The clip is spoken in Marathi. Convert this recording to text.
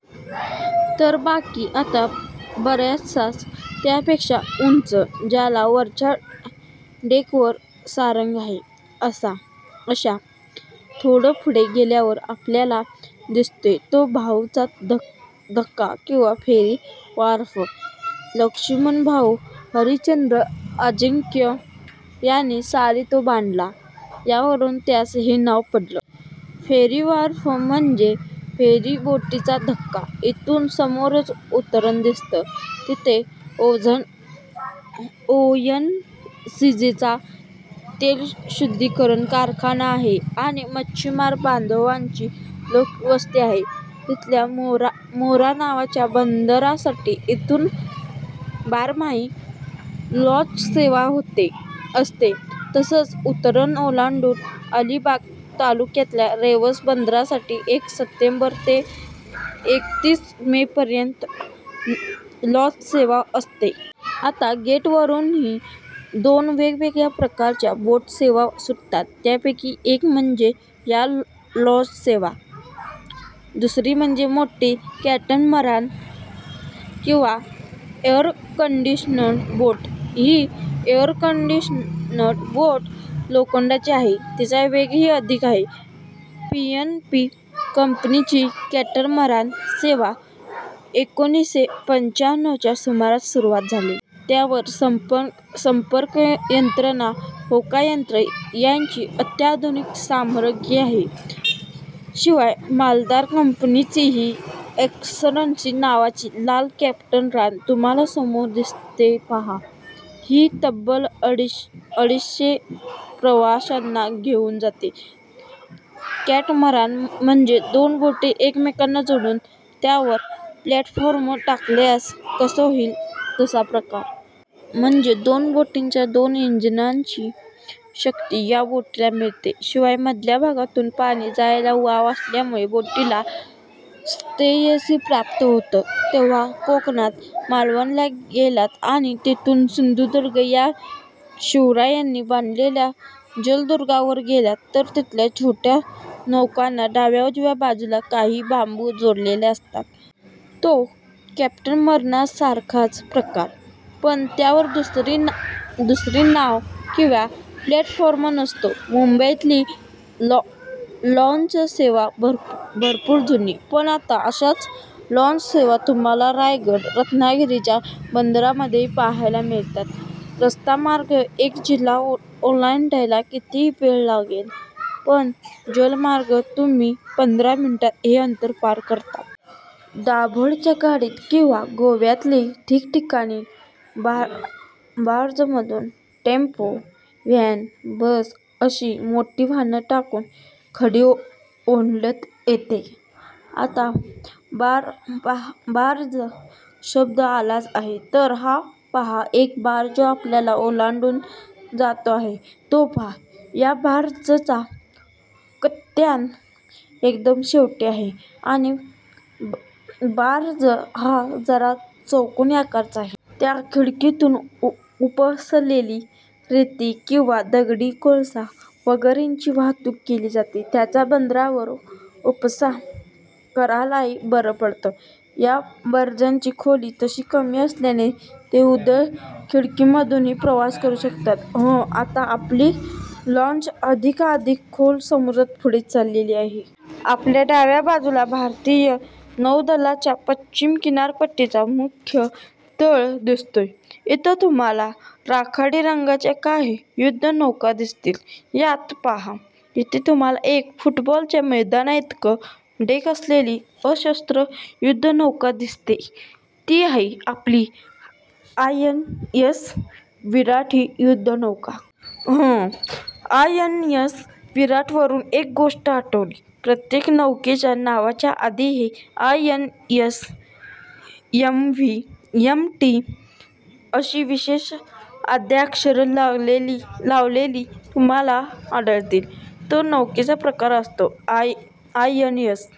तर बाकी आता बऱ्याचशा त्यापेक्षा उंच, ज्याला वरच्या डेकवर सारंग आहे, अशा. थोडं पुढे गेल्यावर आपल्याला दिसतोय तो भाऊचा धक्का किंवा फेरी व्हार्फ. लक्ष्मणभाऊ हरिश्चंद्र अजिंक्य यांनी साली तो बांधला, त्यावरून त्यास हे नाव पडलं. फेरीव्हार्फ म्हणजे फेरीबोटींचा धक्का. इथून समोरच उरण दिसतं. तिथे ओएनजीसीचा तेलशुद्धीकरण कारखाना आहे आणि मच्छिमार बांधवांची लोकवस्ती आहे. तिथल्या मोरा नावाच्या बंदरासाठी इथून बारमाही लाँचसेवा असते. तसंच उरण ओलांडून अलिबाग तालुक्यातल्या रेवस बंदरासाठी एक सप्टेंबर ते एकतीस मेपर्यंत लाँचसेवा असते. आता गेटवेवरूनही दोन वेगवेगळ्या प्रकारच्या बोटसेवा सुटतात. त्यापैकी एक म्हणजे या लाँचसेवा. दुसरी म्हणजे मोठी कॅटमरान किंवा एअरकंडिशन्ड बोट. ही एअरकंडिशन्ड बोट लोखंडाची आहे, तिचा वेगही अधिक आहे. पीएनपी कंपनीची कॅटमरान सेवा एकोणीसशे पंचाण्णवच्या सुमारास सुरू झाली. त्यावर संपर्कयंत्रणा, होकायंत्र यांची अत्याधुनिक सामग्री आहे. शिवाय मालदार कंपनीचीही एक्स्टसी नावाची लाल कॅटमरान तुम्हाला समोर दिसतेय पहा. ही तब्बल अडीचशे प्रवाशांना घेऊन जाते. कॅटमरान म्हणजे दोन बोटी एकमेकांना जोडून त्यावर प्लॅटफॉर्म टाकल्यास कसं होईल, तसा प्रकार. म्हणजे दोन बोटींच्या दोन इंजिनांची शक्ती या बोटीला मिळते, शिवाय मधल्या भागातून पाणी जायला वाव असल्यामुळे बोटीला स्थैर्यही प्राप्त होतं. तुम्ही कोकणात मालवणला गेलात आणि तिथून सिंधुदुर्ग या शिवरायांनी बांधलेल्या जलदुर्गावर गेलात, तर तिथल्या छोट्या नौकांना डाव्या-उजव्या बाजूला काही बांबू जोडलेले असतात. तो कॅटमरानसारखाच प्रकार, पण त्यावर दुसरी नाव आणि प्लॅटफॉर्म नसतो. मुंबईतली लाँचसेवा भरपूर जुनी. पण आता अशाच लाँचसेवा तुम्हाला रायगड, रत्नागिरीच्या बंदरांमध्येही पाहायला मिळतात. रस्तामार्गे एक जिल्हा ओलांडायला कितीतरी वेळ लागेल, पण जलमार्गे तुम्ही पंधरा मिनिटांत हे अंतर पार करता. दाभोळच्या खाडीत किंवा गोव्यातही ठिकठिकाणी बार्जमधून टेम्पो, व्हॅन, बस अशी मोठी वाहनं टाकून खाडी ओलांडता येते. आता बार्ज शब्द आलाच आहे, तर हा पहा एक बार्ज आपल्याला ओलांडून जातो आहे, तो पहा. या बार्जचा कप्तान एकदम शेवटी आहे आणि बार्ज हा जरा चौकोनी आकाराचा आहे. त्यात खाडीतून उपसलेली रेती किंवा दगडी कोळसा वगैरेची वाहतूक केली जाते. त्याचा बंदरावर उपसा करायलाही बरं पडतं. या बार्जची खोली तशी कमी असल्याने ते उथळ खाडीमधूनही प्रवास करू शकतात. हं, आता आपली लाँच अधिकाधिक खोल समुद्रात पुढे चालली आहे. आपल्या डाव्या बाजूला भारतीय नौदलाचा पश्चिम किनारपट्टीचा मुख्य तळ दिसतोय. इथे तुम्हाला राखाडी रंगाच्या काही युद्धनौका दिसतील. यात पहा, इथे तुम्हाला एक फुटबॉलच्या मैदानाइतकं डेक असलेली अजस्त्र युद्धनौका दिसतेय. ती आहे आपली आयएनएस विराट ही युद्धनौका. हं, आयएनएस विराटवरून एक गोष्ट आठवली. प्रत्येक नौकेच्या नावाच्या आधी हे आयएनएस, एमव्ही, एमटी अशी विशेष आद्याक्षरं लावलेली तुम्हाला आढळतील. तो नौकेचा प्रकार असतो. आयएनएस